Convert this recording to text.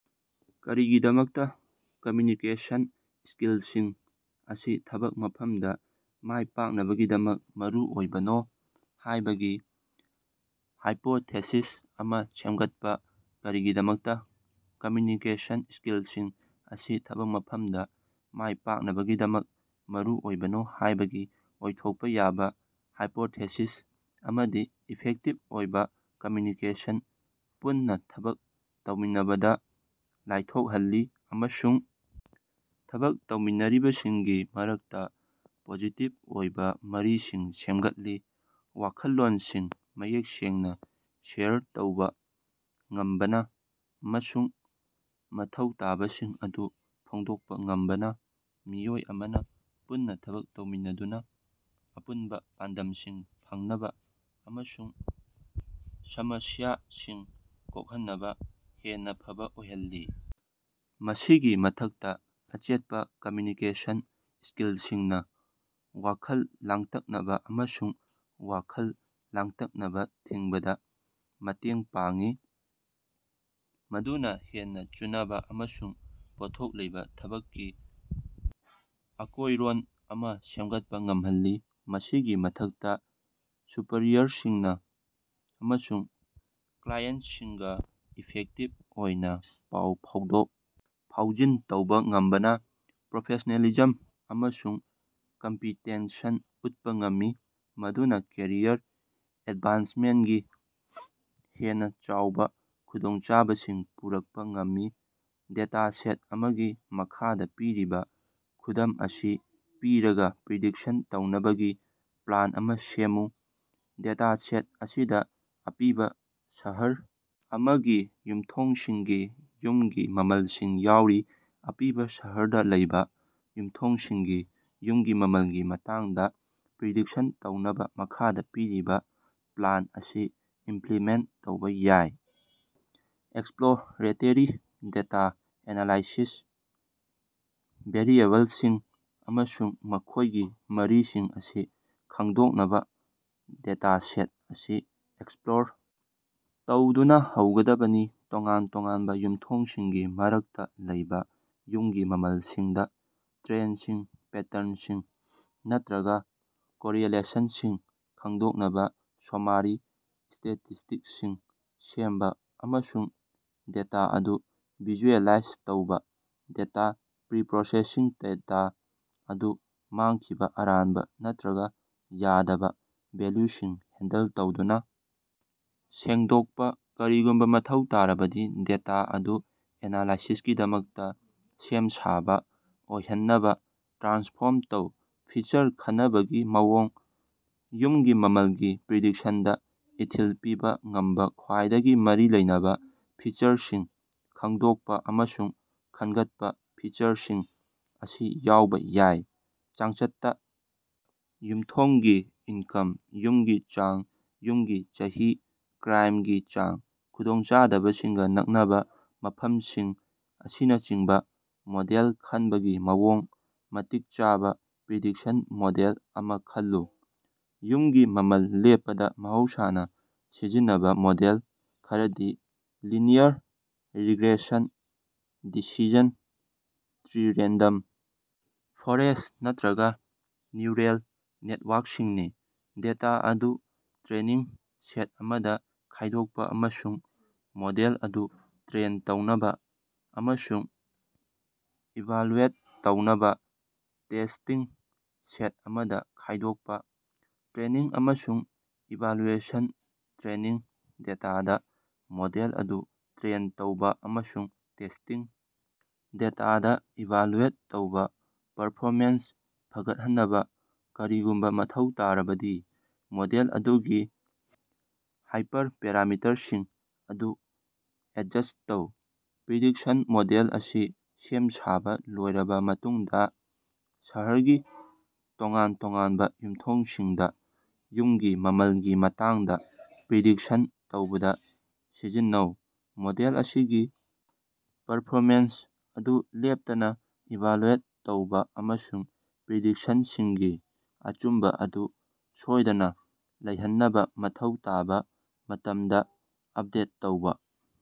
ꯀꯔꯤꯒꯤꯗꯃꯛꯇꯥ ꯀꯝꯃ꯭ꯌꯨꯅꯤꯀꯦꯁꯟ ꯁ꯭ꯀꯤꯜꯁꯤꯡ ꯑꯁꯤ ꯊꯕꯛ ꯃꯐꯝꯗꯥ ꯃꯥꯏꯄꯥꯛꯅꯕꯒꯤꯗꯃꯛ ꯃꯔꯨꯑꯣꯏꯕꯅꯣ ꯍꯥꯏꯕꯒꯤ ꯍꯥꯏꯄꯣꯊꯦꯁꯤꯁ ꯑꯃꯥ ꯁꯦꯝꯒꯠꯄꯥ꯫ ꯀꯔꯤꯒꯤꯗꯃꯛꯇꯥ ꯀꯝꯃ꯭ꯌꯨꯅꯤꯀꯦꯁꯟ ꯁ꯭ꯀꯤꯜꯁꯤꯡ ꯑꯁꯤ ꯊꯕꯛ ꯃꯐꯝꯗꯥ ꯃꯥꯏꯄꯥꯛꯅꯕꯒꯤꯗꯃꯛ ꯃꯔꯨꯑꯣꯏꯕꯅꯣ ꯍꯥꯏꯕꯒꯤ ꯑꯣꯏꯊꯣꯛꯄꯥ ꯌꯥꯕꯥ ꯍꯥꯏꯄꯣꯊꯦꯁꯤꯁ ꯑꯃꯗꯤ ꯏꯐꯦꯛꯇꯤꯚ ꯑꯣꯏꯕꯥ ꯀꯝꯃ꯭ꯌꯨꯅꯤꯀꯦꯁꯟꯅ ꯄꯨꯟꯅꯥ ꯊꯕꯛ ꯇꯧꯃꯤꯟꯅꯕꯗꯥ ꯂꯥꯏꯊꯣꯛꯍꯜꯂꯤ ꯑꯃꯁꯨꯡ ꯊꯕꯛ ꯇꯧꯃꯤꯟꯅꯔꯤꯕꯁꯤꯡꯒꯤ ꯃꯔꯛꯇꯥ ꯄꯣꯖꯤꯇꯤꯚ ꯑꯣꯏꯕꯥ ꯃꯔꯤꯁꯤꯡ ꯁꯦꯝꯒꯠꯂꯤ꯫ ꯋꯥꯈꯜꯂꯣꯟꯁꯤꯡ ꯃꯌꯦꯛ ꯁꯦꯡꯅꯥ ꯁꯦꯌꯔ ꯇꯧꯕꯥ ꯉꯝꯕꯅꯥ ꯑꯃꯁꯨꯡ ꯃꯊꯧ ꯇꯥꯕꯁꯤꯡ ꯑꯗꯨ ꯐꯣꯡꯗꯣꯛꯄꯥ ꯉꯝꯕꯅꯥ ꯃꯤꯑꯣꯏ ꯑꯃꯅꯥ ꯄꯨꯟꯅꯥ ꯊꯕꯛ ꯇꯧꯃꯤꯟꯅꯗꯨꯅꯥ ꯑꯄꯨꯟꯕꯥ ꯄꯥꯟꯗꯝꯁꯤꯡ ꯐꯪꯅꯕꯥ ꯑꯃꯁꯨꯡ ꯁꯃꯁ꯭ꯌꯥꯁꯤꯡ ꯀꯣꯛꯍꯟꯅꯕꯥ ꯍꯦꯟꯅꯥ ꯐꯕꯥ ꯑꯣꯏꯍꯜꯂꯤ꯫ ꯃꯁꯤꯒꯤ ꯃꯊꯛꯇꯥ ꯑꯆꯦꯠꯄꯥ ꯀꯝꯃ꯭ꯌꯨꯅꯤꯀꯦꯁꯟ ꯁ꯭ꯀꯤꯜꯁꯤꯡꯅꯥ ꯋꯥꯈꯜ ꯂꯥꯡꯇꯛꯅꯕꯥ ꯑꯃꯁꯨꯡ ꯋꯥꯈꯜ ꯂꯥꯡꯇꯛꯅꯕꯥ ꯊꯤꯡꯕꯗꯥ ꯃꯇꯦꯡ ꯄꯥꯡꯏ ꯃꯗꯨꯅꯥ ꯍꯦꯟꯅꯥ ꯆꯨꯅꯕꯥ ꯑꯃꯁꯨꯡ ꯄꯣꯠꯊꯣꯛ ꯂꯩꯕꯥ ꯊꯕꯛꯀꯤ ꯑꯀꯣꯏꯔꯣꯟ ꯑꯃꯥ ꯁꯦꯝꯒꯠꯄꯥ ꯉꯝꯍꯜꯂꯤ꯫ ꯃꯁꯤꯒꯤ ꯃꯊꯛꯇꯥ ꯁꯨꯄꯔꯤꯌꯔꯁꯤꯡ ꯑꯃꯁꯨꯡ ꯀ꯭ꯂꯥꯏꯑꯦꯟꯠꯁꯤꯡꯒꯥ ꯏꯐꯦꯛꯇꯤꯚ ꯑꯣꯏꯅꯥ ꯄꯥꯎ ꯐꯥꯎꯗꯣꯛ ꯐꯥꯎꯖꯤꯟ ꯇꯧꯕꯥ ꯉꯝꯕꯅꯥ ꯄ꯭ꯔꯣꯐꯦꯁꯅꯦꯂꯤꯖꯝ ꯑꯃꯁꯨꯡ ꯀꯝꯄꯤꯇꯦꯟꯁꯟ ꯎꯠꯄꯥ ꯉꯝꯃꯤ ꯃꯗꯨꯅꯥ ꯀꯦꯔꯤꯌꯔ ꯑꯦꯗꯚꯥꯟꯁꯃꯦꯟꯠꯀꯤ ꯍꯦꯟꯅꯥ ꯆꯥꯎꯕꯥ ꯈꯨꯗꯣꯡꯆꯥꯕꯁꯤꯡ ꯄꯨꯔꯛꯄꯥ ꯉꯝꯃꯤ꯫ ꯗꯦꯇꯥ ꯁꯦꯠ ꯑꯃꯒꯤ ꯃꯈꯥꯗꯥ ꯄꯤꯔꯤꯕꯥ ꯈꯨꯗꯝ ꯑꯁꯤ ꯄꯤꯔꯒꯥ ꯄ꯭ꯔꯤꯗꯤꯛꯁꯟ ꯇꯧꯅꯕꯒꯤ ꯄ꯭ꯂꯥꯟ ꯑꯃꯥ ꯁꯦꯝꯃꯨ꯫ ꯗꯦꯇꯥꯁꯦꯠ ꯑꯁꯤꯗꯥ ꯑꯄꯤꯕꯥ ꯁꯍꯔ ꯑꯃꯒꯤ ꯌꯨꯝꯊꯣꯡꯁꯤꯡꯒꯤ ꯌꯨꯝꯒꯤ ꯃꯃꯜꯁꯤꯡ ꯌꯥꯎꯔꯤ꯫ ꯑꯄꯤꯕꯥ ꯁꯍꯔꯗꯥ ꯂꯩꯕꯥ ꯌꯨꯝꯊꯣꯡꯁꯤꯡꯒꯤ ꯌꯨꯝꯒꯤ ꯃꯃꯜꯒꯤ ꯃꯇꯥꯡꯗꯥ ꯄ꯭ꯔꯤꯗꯤꯛꯁꯟ ꯇꯧꯅꯕꯥ ꯃꯈꯥꯗꯥ ꯄꯤꯔꯤꯕꯥ ꯄ꯭ꯂꯥꯟ ꯑꯁꯤ ꯏꯝꯄ꯭ꯂꯤꯃꯦꯟꯠ ꯇꯧꯕꯥ ꯌꯥꯏ ꯑꯦꯛꯁꯄ꯭ꯂꯣꯔꯦꯇꯦꯔꯤ ꯗꯦꯇꯥ ꯑꯦꯅꯥꯂꯥꯏꯁꯤꯁ ꯚꯦꯔꯤꯑꯦꯕꯜꯁꯤꯡ ꯑꯃꯁꯨꯡ ꯃꯈꯣꯏꯒꯤ ꯃꯔꯤꯁꯤꯡ ꯑꯁꯤ ꯈꯪꯗꯣꯛꯅꯕꯥ ꯗꯦꯇꯥꯁꯦꯠ ꯑꯁꯤ ꯑꯦꯛꯁꯄ꯭ꯂꯣꯔ ꯇꯧꯗꯨꯅꯥ ꯍꯧꯒꯗꯕꯅꯤ꯫ ꯇꯣꯉꯥꯟ ꯇꯣꯉꯥꯟꯕ ꯌꯨꯝꯊꯣꯡꯁꯤꯡꯒꯤ ꯃꯔꯛꯇꯥ ꯂꯩꯕꯥ ꯌꯨꯝꯒꯤ ꯃꯃꯜꯁꯤꯡꯗꯥ ꯇ꯭ꯔꯦꯟꯁꯤꯡ ꯄꯦꯇꯔꯟꯁꯤꯡ ꯅꯠꯇ꯭ꯔꯒꯥ ꯀꯣꯔꯤꯑꯦꯂꯦꯁꯟꯁꯤꯡ ꯈꯪꯗꯣꯛꯅꯕꯥ ꯁꯣꯃꯥꯔꯤ ꯁ꯭ꯇꯦꯇꯤꯁ꯭ꯇꯤꯛꯁꯁꯤꯡ ꯁꯦꯝꯕꯥ ꯑꯃꯁꯨꯡ ꯗꯦꯇꯥ ꯑꯗꯨ ꯚꯤꯖꯨꯑꯦꯂꯥꯏꯖ ꯇꯧꯕꯥ꯫ ꯗꯦꯇꯥ ꯄ꯭ꯔꯤꯄ꯭ꯔꯣꯁꯦꯁꯤꯡ ꯗꯦꯇꯥ ꯑꯗꯨ ꯃꯥꯡꯈꯤꯕꯥ ꯑꯔꯥꯟꯕꯥ ꯅꯠꯇ꯭ꯔꯒꯥ ꯌꯥꯗꯕꯥ ꯚꯦꯜꯌꯨꯁꯤꯡ ꯍꯦꯟꯗꯜ ꯇꯧꯗꯨꯅꯥ ꯁꯦꯡꯗꯣꯛꯄꯥ꯫ ꯀꯔꯤꯒꯨꯝꯕꯥ ꯃꯊꯧ ꯇꯥꯔꯕꯗꯤ ꯗꯦꯇꯥ ꯑꯗꯨ ꯑꯦꯅꯥꯂꯥꯏꯁꯤꯁꯀꯤꯗꯃꯛꯇꯥ ꯁꯦꯝ ꯁꯥꯕꯥ ꯑꯣꯏꯍꯟꯅꯕꯥ ꯇ꯭ꯔꯥꯟꯁꯐꯣꯔꯝ ꯇꯧ꯫ ꯐꯤꯆꯔ ꯈꯅꯕꯒꯤ ꯃꯑꯣꯡ ꯌꯨꯝꯒꯤ ꯃꯃꯜꯒꯤ ꯄ꯭ꯔꯤꯗꯤꯛꯁꯟꯗꯥ ꯏꯊꯤꯜ ꯄꯤꯕꯥ ꯉꯝꯕꯥ ꯈ꯭ꯋꯥꯏꯗꯒꯤ ꯃꯔꯤ ꯂꯩꯅꯕꯥ ꯐꯤꯆꯔꯁꯤꯡ ꯈꯪꯗꯣꯛꯄꯥ ꯑꯃꯁꯨꯡ ꯈꯟꯒꯠꯄꯥ꯫ ꯐꯤꯆꯔꯁꯤꯡ ꯑꯁꯤ ꯌꯥꯎꯕꯥ ꯌꯥꯏ ꯆꯥꯡꯆꯠꯇꯥ ꯌꯨꯝꯊꯣꯡꯒꯤ ꯏꯟꯀꯝ ꯌꯨꯝꯒꯤ ꯆꯥꯡ ꯌꯨꯝꯒꯤ ꯆꯍꯤ ꯀ꯭ꯔꯥꯏꯝꯒꯤ ꯆꯥꯡ ꯈꯨꯗꯣꯡꯆꯥꯕꯁꯤꯡꯒꯥ ꯅꯛꯅꯕꯥ ꯃꯐꯝꯁꯤꯡ ꯑꯁꯤꯅꯆꯤꯡꯕꯥ ꯃꯣꯗꯦꯜ ꯈꯟꯕꯒꯤ ꯃꯑꯣꯡ ꯃꯇꯤꯛ ꯆꯥꯕꯥ ꯄ꯭ꯔꯤꯗꯤꯛꯁꯟ ꯃꯣꯗꯦꯜ ꯑꯃꯥ ꯈꯜꯂꯨ꯫ ꯌꯨꯝꯒꯤ ꯃꯃꯜ ꯂꯦꯞꯄꯗꯥ ꯃꯍꯧꯁꯥꯅꯥ ꯁꯤꯖꯤꯟꯅꯕꯥ ꯃꯣꯗꯦꯜ ꯈꯔꯗꯤ linear regression decision tree random forest ꯅꯠꯇ꯭ꯔꯒꯥ ꯅ꯭ꯌꯨꯔꯜ ꯅꯦꯇꯋꯥꯔꯛꯁꯤꯡꯅꯤ꯫ ꯗꯦꯇꯥ ꯑꯗꯨ ꯇ꯭ꯔꯦꯅꯤꯡ ꯁꯦꯠ ꯑꯃꯗꯥ ꯈꯥꯏꯗꯣꯛꯄꯥ ꯑꯃꯁꯨꯡ ꯃꯣꯗꯦꯜ ꯑꯗꯨ ꯇ꯭ꯔꯦꯟ ꯇꯧꯅꯕꯥ ꯑꯃꯁꯨꯡ ꯏꯚꯥꯜꯌꯨꯑꯦꯠ ꯇꯧꯅꯕꯥ ꯇꯦꯁ꯭ꯇꯤꯡ ꯁꯦꯠ ꯑꯃꯗꯥ ꯈꯥꯏꯗꯣꯛꯄꯥ꯫ ꯇ꯭ꯔꯦꯅꯤꯡ ꯑꯃꯁꯨꯡ ꯏꯚꯥꯂꯨꯑꯦꯁꯟ ꯇ꯭ꯔꯦꯅꯤꯡ ꯗꯦꯇꯥꯗꯥ ꯃꯣꯗꯦꯜ ꯑꯗꯨ ꯇ꯭ꯔꯦꯟ ꯇꯧꯕꯥ ꯑꯃꯁꯨꯡ ꯇꯦꯁ꯭ꯇꯤꯡ ꯗꯦꯇꯥꯗꯥ ꯏꯚꯥꯂꯨꯑꯦꯠ ꯇꯧꯕꯥ꯫ ꯄꯔꯐꯣꯃꯦꯟꯁ ꯐꯒꯠꯍꯟꯅꯕꯥ ꯀꯔꯤꯒꯨꯝꯕꯥ ꯃꯊꯧ ꯇꯥꯔꯕꯗꯤ ꯃꯣꯗꯦꯜ ꯑꯗꯨꯒꯤ ꯍꯥꯏꯄꯔꯄꯦꯔꯥꯃꯤꯇꯔꯁꯤꯡ ꯑꯗꯨ ꯑꯦꯗꯖꯁ꯭ꯠ ꯇꯧ꯫ ꯄ꯭ꯔꯤꯗꯤꯛꯁꯟ ꯃꯣꯗꯦꯜ ꯑꯁꯤ ꯁꯦꯝ ꯁꯥꯕꯥ ꯂꯣꯏꯔꯕꯥ ꯃꯇꯨꯡꯗꯥ ꯁꯍꯔꯒꯤ ꯇꯣꯉꯥꯟ ꯇꯣꯉꯥꯟꯕꯥ ꯌꯨꯝꯊꯣꯡꯁꯤꯡꯗꯥ ꯌꯨꯝꯒꯤ ꯃꯃꯜꯒꯤ ꯃꯇꯥꯡꯗꯥ ꯄ꯭ꯔꯤꯗꯤꯛꯁꯟ ꯇꯧꯕꯗꯥ ꯁꯤꯖꯤꯟꯅꯧ꯫ ꯃꯣꯗꯦꯜ ꯑꯁꯤꯒꯤ ꯄꯔꯐꯣꯃꯦꯟꯁ ꯑꯗꯨ ꯂꯦꯞꯇꯅꯥ ꯏꯚꯥꯂꯨꯑꯦꯠ ꯇꯧꯕꯥ ꯑꯃꯁꯨꯡ ꯄ꯭ꯔꯤꯗꯤꯛꯁꯟꯁꯤꯡꯒꯤ ꯑꯆꯨꯝꯕꯥ ꯑꯗꯨ ꯁꯣꯏꯗꯅꯥ ꯂꯩꯍꯟꯅꯕꯥ ꯃꯊꯧ ꯇꯥꯕꯥ ꯃꯇꯝꯗꯥ ꯑꯞꯗꯦꯠ ꯇꯧꯕꯥ꯫